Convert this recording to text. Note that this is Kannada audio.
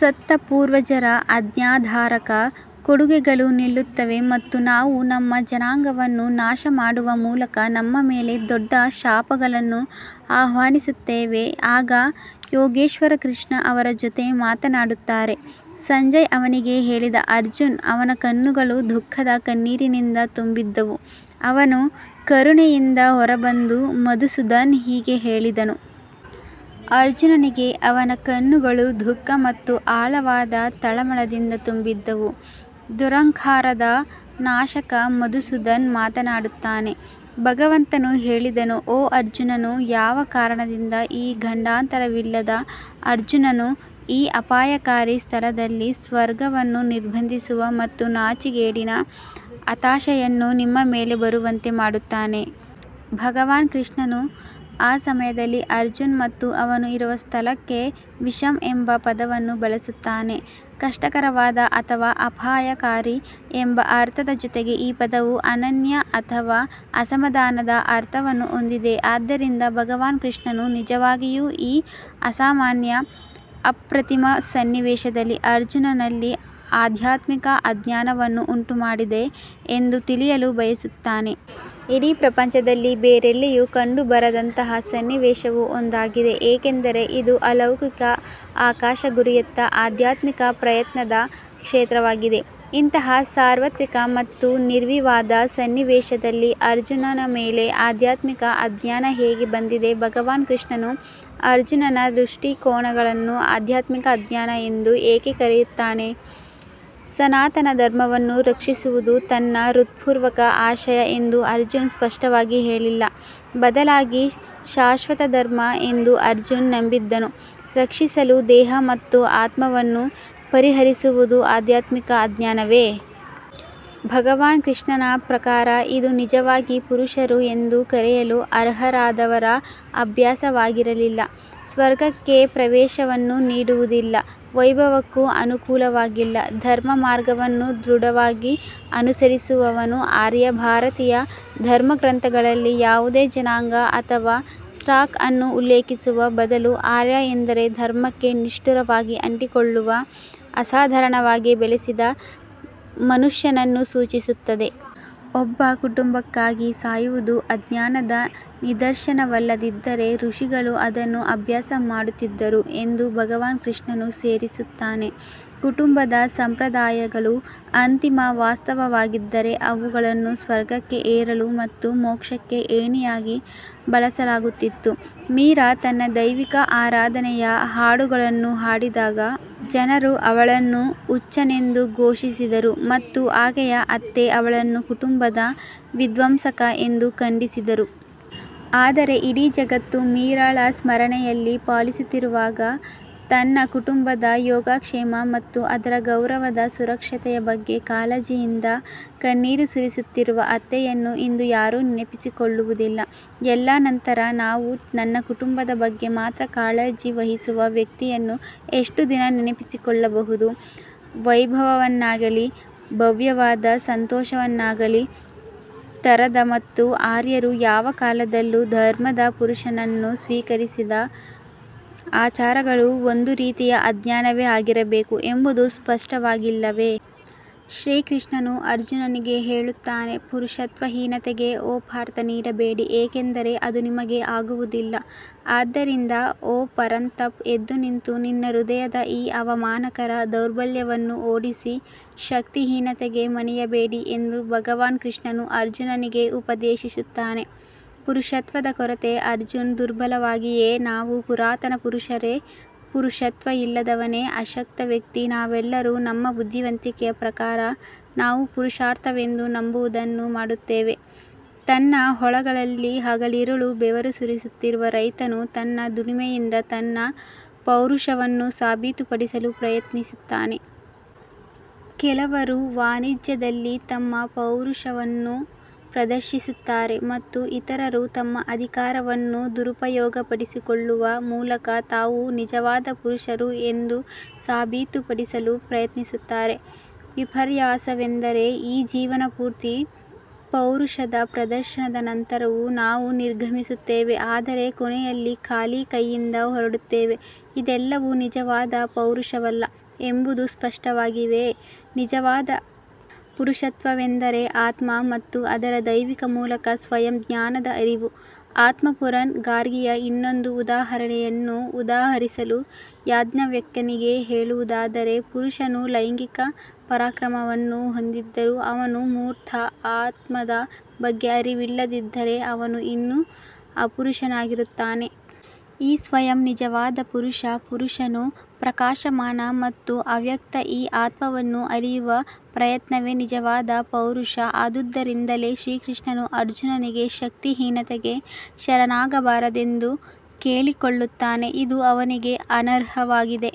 ಸತ್ತ ಪೂರ್ವಜರ ಆಜ್ಞಾಧಾರಕ ಕೊಡುಗೆಗಳು ನಿಲ್ಲುತ್ತವೆ ಮತ್ತು ನಾವು ನಮ್ಮ ಜನಾಂಗವನ್ನು ನಾಶಮಾಡುವ ಮೂಲಕ ನಮ್ಮ ಮೇಲೆ ದೊಡ್ಡ ಶಾಪಗಳನ್ನು ಆಹ್ವಾನಿಸುತ್ತೇವೆ ಆಗ ಯೋಗೇಶ್ವರ್ ಕೃಷ್ಣ ಅವರ ಜೊತೆ ಮಾತನಾಡುತ್ತಾರೆ ಸಂಜಯ್ ಅವನಿಗೆ ಹೇಳಿದ ಅರ್ಜುನ್ ಅವನ ಕಣ್ಣುಗಳು ದುಃಖದ ಕಣ್ಣೀರಿನಿಂದ ತುಂಬಿದ್ದವು, ಅವನು ಕರುಣೆಯಿಂದ ಹೊರಬಂದ ಮಧುಸೂದನ್ ಹೀಗೆ ಹೇಳಿದನು. ಅರ್ಜುನನಿಗೆ ಅವನ ಕಣ್ಣುಗಳು ದುಃಖ ಮತ್ತು ಆಳವಾದ ತಳಮಳದಿಂದ ತುಂಬಿದ್ದವು, ದುರಹಂಕಾರದ ನಾಶಕ ಮಧುಸೂದನ್ ಮಾತನಾಡುತ್ತಾನೆ. ಭಗವಂತನು ಹೇಳಿದನು ಓ ಅರ್ಜುನನು ಯಾವ ಕಾರಣದಿಂದ ಈ ಗಂಡಾಂತರವಿಲ್ಲದ ಅರ್ಜುನನು ಈ ಅಪಾಯಕಾರಿ ಸ್ಥಳದಲ್ಲಿ ಸ್ವರ್ಗವನ್ನು ನಿರ್ಬಂಧಿಸುವ ಮತ್ತು ನಾಚಿಕೆಗೇಡಿನ ಹತಾಶೆಯನ್ನು ನಿಮ್ಮ ಮೇಲೆ ಬರುವಂತೆ ಮಾಡುತ್ತಾನೆ ಭಗವಾನ್ ಕೃಷ್ಣನು ಆ ಸಮಯದಲ್ಲಿ ಅರ್ಜುನ್ ಮತ್ತು ಅವನು ಇರುವ ಸ್ಥಳಕ್ಕೆ ವಿಷಮ್ ಎಂಬ ಪದವನ್ನು ಬಳಸುತ್ತಾನೆ ಕಷ್ಟಕರವಾದ ಅಥವಾ ಅಪಾಯಕಾರಿ ಎಂಬ ಅರ್ಥದ ಜೊತೆಗೆ ಈ ಪದವು ಅನನ್ಯ ಅಥವಾ ಅಸಮಾನವಾದ ಅರ್ಥವನ್ನು ಹೊಂದಿದೆ ಆದ್ದರಿಂದ ಭಗವಾನ್ ಕೃಷ್ಣನು ನಿಜವಾಗಿಯೂ ಈ ಅಸಾಮಾನ್ಯ ಅಪ್ರತಿಮ ಸನ್ನಿವೇಶದಲ್ಲಿ ಅರ್ಜುನನಲ್ಲಿ ಆಧ್ಯಾತ್ಮಿಕ ಅಜ್ಞಾನವನ್ನು ಉಂಟುಮಾಡಿದೆ ಎಂದು ತಿಳಿಯಲು ಬಯಸುತ್ತಾನೆ. ಇಡೀ ಪ್ರಪಂಚದಲ್ಲಿ ಬೇರೆಲ್ಲಿಯೂ ಕಂಡುಬರದಂತಹ ಸನ್ನಿವೇಶವು ಒಂದಾಗಿದೆ ಏಕೆಂದರೆ ಇದು ಅಲೌಕಿಕ ಆಕಾಶ ಗುರಿಯತ್ತ ಆಧ್ಯಾತ್ಮಿಕ ಪ್ರಯತ್ನದ ಕ್ಷೇತ್ರವಾಗಿದೆ. ಇಂತಹ ಸಾರ್ವತ್ರಿಕ ಮತ್ತು ನಿರ್ವಿವಾದದ ಸನ್ನಿವೇಶದಲ್ಲಿ ಅರ್ಜುನ್ನ ಮೇಲೆ ಆಧ್ಯಾತ್ಮಿಕ ಅಜ್ಞಾನ ಹೇಗೆ ಬಂದಿದೆ ಭಗವಾನ್ ಕೃಷ್ಣನು ಅರ್ಜುನನ ದೃಷ್ಟಿಕೋನಗಳನ್ನು ಆಧ್ಯಾತ್ಮಿಕ ಅಜ್ಞಾನ ಎಂದು ಏಕೆ ಕರೆಯುತ್ತಾನೆ ಸನಾತನ ಧರ್ಮವನ್ನು ರಕ್ಷಿಸುವುದು ತನ್ನ ಹೃತ್ಪೂರ್ವಕ ಆಶಯ ಎಂದು ಅರ್ಜುನ್ ಸ್ಪಷ್ಟವಾಗಿ ಹೇಳಿಲ್ಲ ಬದಲಾಗದ ಶಾಶ್ವತ ಧರ್ಮ ಎಂದು ಅರ್ಜುನ್ ನಂಬಿದ್ದನ್ನು ರಕ್ಷಿಸಲು ದೇಹ ಮತ್ತು ಆತ್ಮವನ್ನು ಪರಿಹರಿಸುವುದು ಆಧ್ಯಾತ್ಮಿಕ ಅಜ್ಞಾನವೇ? ಭಗವಾನ್ ಕೃಷ್ಣನ ಪ್ರಕಾರ ಇದು ನಿಜವಾಗಿ ಪುರುಷರು ಎಂದು ಕರೆಯಲು ಅರ್ಹರಾದವರ ಅಭ್ಯಾಸವಾಗಿರಲಿಲ್ಲ. ಸ್ವರ್ಗಕ್ಕೆ ಪ್ರವೇಶವನ್ನೂ ನೀಡುವುದಿಲ್ಲ ವೈಭವಕ್ಕೂ ಅನುಕೂಲವಾಗಿಲ್ಲ ಧರ್ಮಮಾರ್ಗವನ್ನು ದೃಢವಾಗಿ ಅನುಸರಿಸುವವನು ಆರ್ಯ ಭಾರತೀಯ ಧರ್ಮಗ್ರಂಥಗಳಲ್ಲಿ ಯಾವುದೇ ಜನಾಂಗ ಅಥವಾ ಸ್ಟಾಕ್ ಅನ್ನು ಉಲ್ಲೇಖಿಸುವ ಬದಲು ಆರ್ಯ ಎಂದರೆ ಧರ್ಮಕ್ಕೆ ನಿಷ್ಠುರವಾಗಿ ಅಂಟಿಕೊಳ್ಳುವ ಅಸಾಧಾರಣವಾಗಿ ಬೆಳೆಸಿದ ಮನುಷ್ಯನನ್ನು ಸೂಚಿಸುತ್ತದೆ. ಒಬ್ಬ ಕುಟುಂಬಕ್ಕಾಗಿ ಸಾಯುವುದು ಅಜ್ಞಾನದ ನಿದರ್ಶನವಲ್ಲದಿದ್ದರೆ ಋಷಿಗಳು ಅದನ್ನು ಅಭ್ಯಾಸ ಮಾಡುತ್ತಿದ್ದರು ಎಂದು ಭಗವಾನ್ ಕೃಷ್ಣನು ಸೇರಿಸುತ್ತಾನೆ. ಕುಟುಂಬದ ಸಂಪ್ರದಾಯಗಳು ಅಂತಿಮ ವಾಸ್ತವವಾಗಿದ್ದರೆ ಅವುಗಳನ್ನು ಸ್ವರ್ಗಕ್ಕೆ ಏರಲು ಮತ್ತು ಮೋಕ್ಷಕ್ಕೆ ಏಣಿಯಾಗಿ ಬಳಸಲಾಗುತ್ತಿತ್ತು ಮೀರಾ ತನ್ನ ದೈವಿಕ ಆರಾಧನೆಯ ಹಾಡುಗಳನ್ನು ಹಾಡಿದಾಗ ಜನರು ಅವಳನ್ನು ಹುಚ್ಚನೆಂದು ಘೋಷಿಸಿದರು ಮತ್ತು ಆಕೆಯ ಅತ್ತೆ ಅವಳನ್ನು ಕುಟುಂಬದ ವಿಧ್ವಂಸಕ ಎಂದು ಖಂಡಿಸಿದರು. ಆದರೆ ಇಡೀ ಜಗತ್ತು ಮೀರಾಳ ಸ್ಮರಣೆಯನ್ನು ಪಾಲಿಸುತ್ತಿರುವಾಗ ತನ್ನ ಕುಟುಂಬದ ಯೋಗಕ್ಷೇಮ ಮತ್ತು ಅದರ ಗೌರವದ ಸುರಕ್ಷತೆಯ ಬಗ್ಗೆ ಕಾಳಜಿಯಿಂದ ಕಣ್ಣೀರು ಸುರಿಸುತ್ತಿರುವ ಅತ್ತೆಯನ್ನು ಇಂದು ಯಾರೂ ನೆನಪಿಸಿಕೊಳ್ಳುವುದಿಲ್ಲ. ಎಲ್ಲಾ ನಂತರ ನಾವು ತನ್ನ ಕುಟುಂಬದ ಬಗ್ಗೆ ಮಾತ್ರ ಕಾಳಜಿ ವಹಿಸುವ ವ್ಯಕ್ತಿಯನ್ನು ಎಷ್ಟು ದಿನ ನೆನಪಿಸಿಕೊಳ್ಳಬಹುದು ವೈಭವವನ್ನಾಗಲಿ, ಭವ್ಯವಾದ ಸಂತೋಷವನ್ನಾಗಲಿ ತರದ ಮತ್ತು ಆರ್ಯರು ಯಾವ ಕಾಲದಲ್ಲೂ ಧರ್ಮದ ಪುರುಷನನ್ನು ಸ್ವೀಕರಿಸದ ಆಚಾರಗಳು ಒಂದು ರೀತಿಯ ಅಜ್ಞಾನವೇ ಆಗಿರಬೇಕು ಎಂಬುದು ಸ್ಪಷ್ಟವಾಗಿಲ್ಲವೇ? ಶ್ರೀಕೃಷ್ಣನು ಅರ್ಜುನನಿಗೆ ಹೇಳುತ್ತಾನೆ ಪುರುಷತ್ವಹೀನತೆಗೆ ಓ ಪಾರ್ಥ್ ನೀಡಬೇಡಿ ಏಕೆಂದರೆ ಅದು ನಿಮಗೆ ಆಗುವುದಿಲ್ಲ ಆದ್ದರಿಂದ ಓ ಪರಂತಪ್ ಎದ್ದುನಿಂತು ನಿನ್ನ ಹೃದಯದ ಈ ಅವಮಾನಕರ ದೌರ್ಬಲ್ಯವನ್ನು ಓಡಿಸಿ ಶಕ್ತಿಹೀನತೆಗೆ ಮಣಿಯಬೇಡಿ ಎಂದು ಭಗವಾನ್ ಕೃಷ್ಣನು ಅರ್ಜುನನಿಗೆ ಉಪದೇಶಿಸುತ್ತಾನೆ ಪುರುಷತ್ವದ ಕೊರತೆ ಅರ್ಜುನ್ ದುರ್ಬಲವಾಗಿದೆಯೇ ನಾವು ಪುರಾತನ ಪುರುಷರೇ ಪುರುಷತ್ವ ಇಲ್ಲದವನೇ ಅಶಕ್ತ ವ್ಯಕ್ತಿ ನಾವೆಲ್ಲರೂ ನಮ್ಮ ಬುದ್ಧಿವಂತಿಕೆಯ ಪ್ರಕಾರ ನಾವು ಪುರುಷಾರ್ಥವೆಂದು ನಂಬುವದನ್ನು ಮಾಡುತ್ತೇವೆ ತನ್ನ ಹೊಲಗಳಲ್ಲಿ ಹಗಲಿರುಳು ಬೆವರು ಸುರಿಸುತ್ತಿರುವ ರೈತನು ತನ್ನ ದುಡಿಮೆಯಿಂದ ತನ್ನ ಪೌರುಷವನ್ನು ಸಾಬೀತುಪಡಿಸಲು ಪ್ರಯತ್ನಿಸುತ್ತಾನೆ. ಕೆಲವರು ವಾಣಿಜ್ಯದಲ್ಲಿ ತಮ್ಮ ಪೌರುಷವನ್ನು ಪ್ರದರ್ಶಿಸುತ್ತಾರೆ ಮತ್ತು ಇತರರು ತಮ್ಮ ಅಧಿಕಾರವನ್ನು ದುರುಪಯೋಗಪಡಿಸಿಕೊಳ್ಳುವ ಮೂಲಕ ತಾವು ನಿಜವಾದ ಪುರುಷರು ಎಂದು ಸಾಬೀತುಪಡಿಸಲು ಪ್ರಯತ್ನಿಸುತ್ತಾರೆ. ವಿಪರ್ಯಾಸವೆಂದರೆ ಈ ಜೀವನಪೂರ್ತಿ ಪೌರುಷದ ಪ್ರದರ್ಶನದ ನಂತರವೂ ನಾವು ನಿರ್ಗಮಿಸುತ್ತೇವೆ ಆದರೆ ಕೊನೆಯಲ್ಲಿ ಖಾಲಿ ಕೈಯಿಂದ ಹೊರಡುತ್ತೇವೆ ಇದೆಲ್ಲವೂ ನಿಜವಾದ ಪೌರುಷವಲ್ಲ ಎಂಬುದು ಸ್ಪಷ್ಟವಾಗಿಲ್ಲವೇ ನಿಜವಾದ ಪುರುಷತ್ವವೆಂದರೆ ಆತ್ಮ ಮತ್ತು ಅದರ ದೈವಿಕ ಮೂಲದ ಸ್ವಯಂ ಜ್ಞಾನದ ಅರಿವು ಆತ್ಮಪುರನ್ ಗಾರ್ಗಿಯ ಇನ್ನೊಂದು ಉದಾಹರಣೆಯನ್ನು ಉದಾಹರಿಸಲು ಯಾಜ್ಞವಲ್ಕ್ಯನಿಗೆ ಹೇಳುವುದಾದರೆ, ಪುರುಷನು ಲೈಂಗಿಕ ಪರಾಕ್ರಮವನ್ನು ಹೊಂದಿದ್ದರೂ ಅವನು ಮೂರ್ತ ಆತ್ಮದ ಬಗ್ಗೆ ಅರಿವಿಲ್ಲದಿದ್ದರೆ ಅವನು ಇನ್ನೂ ಅಪುರುಷನಾಗಿರುತ್ತಾನೆ. ಈ ಸ್ವಯಂ ನಿಜವಾದ ಪುರುಷ ಪುರುಷನು ಪ್ರಕಾಶಮಾನ ಮತ್ತು ಅವ್ಯಕ್ತ ಈ ಆತ್ಮವನ್ನು ಅರಿಯುವ ಪ್ರಯತ್ನವೇ ನಿಜವಾದ ಪೌರುಷ ಆದುದರಿಂದಲೇ ಶ್ರೀಕೃಷ್ಣನು ಅರ್ಜುನನಿಗೆ ಶಕ್ತಿಹೀನತೆಗೆ ಶರಣಾಗಬಾರದೆಂದು ಕೇಳಿಕೊಳ್ಳುತ್ತಾನೆ ಇದು ಅವನಿಗೆ ಅನರ್ಹವಾಗಿದೆ.